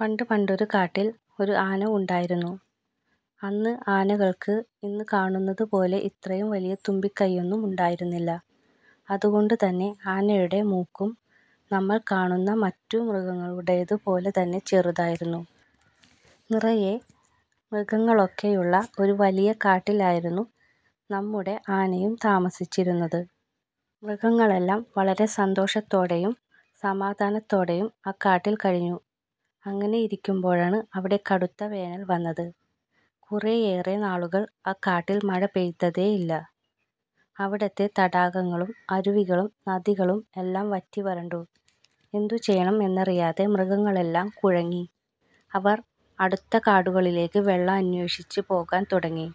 പണ്ട് പണ്ടൊരു കാട്ടിൽ ഒരു ആന ഉണ്ടായിരുന്നു. അന്ന് ആനകൾക്ക് ഇന്നു കാണുന്നതു പോലെ ഇത്രയും വലിയ തുമ്പിക്കൈയൊന്നും ഉണ്ടായിരുന്നില്ല. അതുകൊണ്ടു തന്നെ ആനയുടെ മൂക്കും നമ്മൾ കാണുന്ന മറ്റു മൃഗങ്ങളുടേതു പോലെ തന്നെ ചെറുതായിരുന്നു. നിറയെ മൃഗങ്ങളൊക്കെയുള്ള ഒരു വലിയ കാട്ടിലായിരുന്നു നമ്മുടെ ആനയും താമസിച്ചിരുന്നത്. മൃഗങ്ങളെല്ലാം വളരെ സന്തോഷത്തോടെയും സമാധാനത്തോടെയും ആ കാട്ടിൽ കഴിഞ്ഞു. അങ്ങനെയിരിക്കുമ്പോഴാണ് അവിടെ കടുത്ത വേനൽ വന്നത്. കുറേയേറെ നാളുകൾ ആ കാട്ടിൽ മഴ പെയ്തതേ ഇല്ല. അവിടത്തെ തടാകങ്ങളും അരുവികളും നദികളും എല്ലാം വറ്റി വരണ്ടു. എന്തു ചെയ്യണം എന്നറിയാതെ മൃഗങ്ങളെല്ലാം കുഴങ്ങി. അവർ അടുത്ത കാടുകളിലേക്ക് വെള്ളം അന്വേഷിച്ച് പോകാൻ തുടങ്ങി.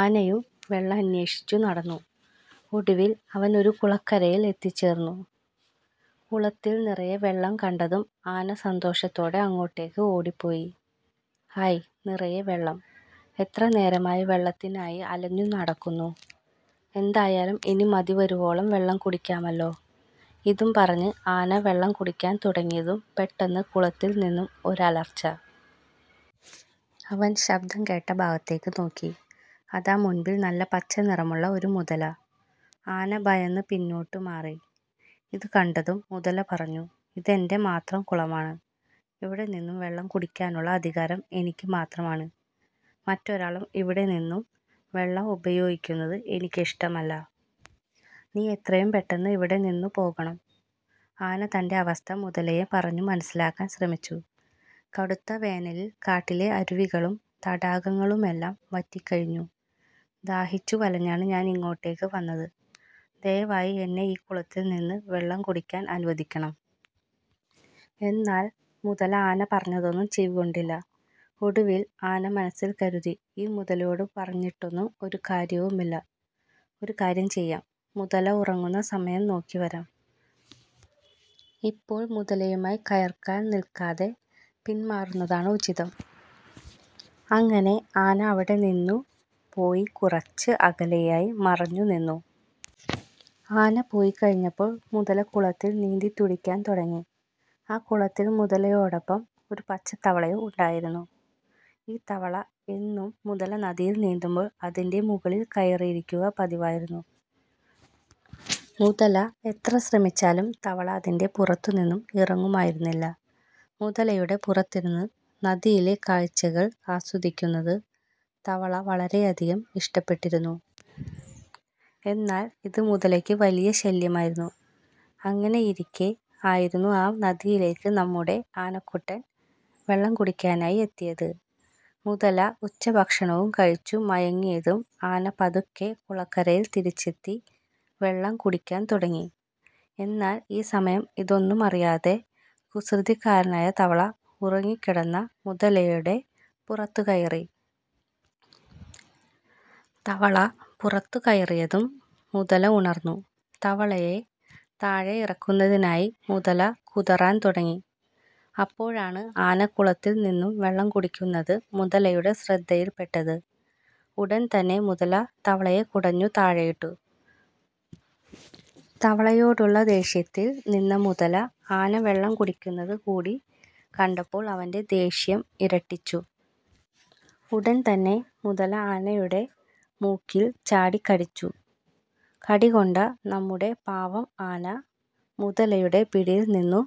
ആനയും വെള്ളം അന്വേഷിച്ചു നടന്നു. ഒടുവിൽ അവൻ ഒരു കുളക്കരയിൽ എത്തിചേർന്നു. കുളത്തിൽ നിറയെ വെള്ളം കണ്ടതും ആന സന്തോഷത്തോടെ അങ്ങോട്ടേക്ക് ഓടി പോയി. "ഹായ് നിറയെ വെള്ളം, എത്ര നേരമായി വെള്ളത്തിനായി അലഞ്ഞു നടക്കുന്നു. എന്തായാലും ഇനി മതിവരുവോളം വെള്ളം കുടിക്കാമല്ലോ. " ഇതും പറഞ്ഞ് ആന വെള്ളം കുടിക്കാൻ തുടങ്ങിയതും പെട്ടെന്ന് കുളത്തിൽ നിന്നും ഒരു അലർച്ച. അവൻ ശബ്ദം കേട്ട ഭാഗത്തേക്ക് നോക്കി. അതാ മുൻപിൽ നല്ല പച്ച നിറമുള്ള ഒരു മുതല. ആന ഭയന്ന് പിന്നോട്ട് മാറി. ഇതു കണ്ടതും മുതല പറഞ്ഞു "ഇതെന്റെ മാത്രം കുളമാണ്. ഇവിടെ നിന്നും വെള്ളം കുടിക്കാനുള്ള അധികാരം എനിക്ക് മാത്രമാണ്. മറ്റൊരാളും ഇവിടെ നിന്നും വെള്ളം ഉപയോഗിക്കുന്നത് എനിക്കിഷ്ടമല്ല. നീ എത്രയും പെട്ടെന്ന് ഇവിടെ നിന്നു പോകണം. " ആന തന്റെ അവസ്ഥ മുതലയെ പറഞ്ഞു മനസ്സിലാക്കാൻ ശ്രമിച്ചു. "കടുത്ത വേനലിൽ കാട്ടിലെ അരുവികളും തടാകങ്ങളുമെല്ലാം വറ്റി കഴിഞ്ഞു. ദാഹിച്ചു വലഞ്ഞാണ് ഞാൻ ഇങ്ങോട്ടേക്ക് വന്നത്. ദയവായി എന്നെ ഈ കുളത്തിൽ നിന്ന് വെള്ളം കുടിക്കാൻ അനുവദിക്കണം. " എന്നാൽ മുതല ആന പറഞ്ഞതൊന്നും ചെവിക്കൊണ്ടില്ല. ഒടുവിൽ ആന മനസ്സിൽ കരുതി "ഈ മുതലയോട് പറഞ്ഞിട്ടൊന്നും ഒരു കാര്യവുമില്ല. ഒരു കാര്യം ചെയ്യാം മുതല ഉറങ്ങുന്ന സമയം നോക്കി വരാം. ഇപ്പോൾ മുതലയുമായി കയർക്കാൻ നിൽക്കാതെ പിൻമാറുന്നതാണ് ഉചിതം. " അങ്ങനെ ആന അവിടെ നിന്നു പോയി കുറച്ച് അകലെയായി മറഞ്ഞു നിന്നു. ആന പോയി കഴിഞ്ഞപ്പോൾ മുതല കുളത്തിൽ നീന്തിത്തുടിക്കാൻ തുടങ്ങി. ആ കുളത്തിൽ മുതലയോടൊപ്പം ഒരു പച്ച തവളയും ഉണ്ടായിരുന്നു. ഈ തവള എന്നും മുതല നദിയിൽ നീന്തുമ്പോൾ അതിന്റെ മുകളിൽ കയറിയിരിക്കുക പതിവായിരുന്നു. മുതല എത്ര ശ്രമിച്ചാലും തവള അതിന്റെ പുറത്തു നിന്നും ഇറങ്ങുമായിരുന്നില്ല. മുതലയുടെ പുറത്തിരുന്ന് നദിയിലെ കാഴ്ചകൾ ആസ്വദിക്കുന്നത് തവള വളരെയധികം ഇഷ്ടപ്പെട്ടിരുന്നു. എന്നാൽ ഇത് മുതലയ്ക്ക് വലിയ ശല്യമായിരുന്നു. അങ്ങനെയിരിക്കെ ആയിരുന്നു ആ നദിയിലേക്ക് നമ്മുടെ ആനക്കുട്ടൻ വെള്ളം കുടിക്കാനായി എത്തിയത്. മുതല ഉച്ചഭക്ഷണവും കഴിച്ചു മയങ്ങിയതും ആന പതുക്കെ കുളക്കരയിൽ തിരിച്ചെത്തി വെള്ളം കുടിക്കാൻ തുടങ്ങി. എന്നാൽ ഈ സമയം ഇതൊന്നുമറിയാതെ കുസൃതിക്കാരനായ തവള ഉറങ്ങിക്കിടന്ന മുതലയുടെ പുറത്തുകയറി. തവള പുറത്തു കയറിയതും മുതല ഉണർന്നു. തവളയെ താഴെ ഇറക്കുന്നതിനായി മുതല കുതറാൻ തുടങ്ങി. അപ്പോഴാണ് ആന കുളത്തിൽ നിന്നും വെള്ളം കുടിക്കുന്നത് മുതലയുടെ ശ്രദ്ധയിൽപ്പെട്ടത്. ഉടൻ തന്നെ മുതല തവളയെ കുടഞ്ഞു താഴെയിട്ടു. തവളയോടുള്ള ദേഷ്യത്തിൽ നിന്ന മുതല ആന വെള്ളം കുടിക്കുന്നത് കൂടി കണ്ടപ്പോൾ അവന്റെ ദേഷ്യം ഇരട്ടിച്ചു. ഉടൻ തന്നെ മുതല ആനയുടെ മൂക്കിൽ ചാടി കടിച്ചു. കടി കൊണ്ട നമ്മുടെ പാവം ആന മുതലയുടെ പിടിയിൽ നിന്നു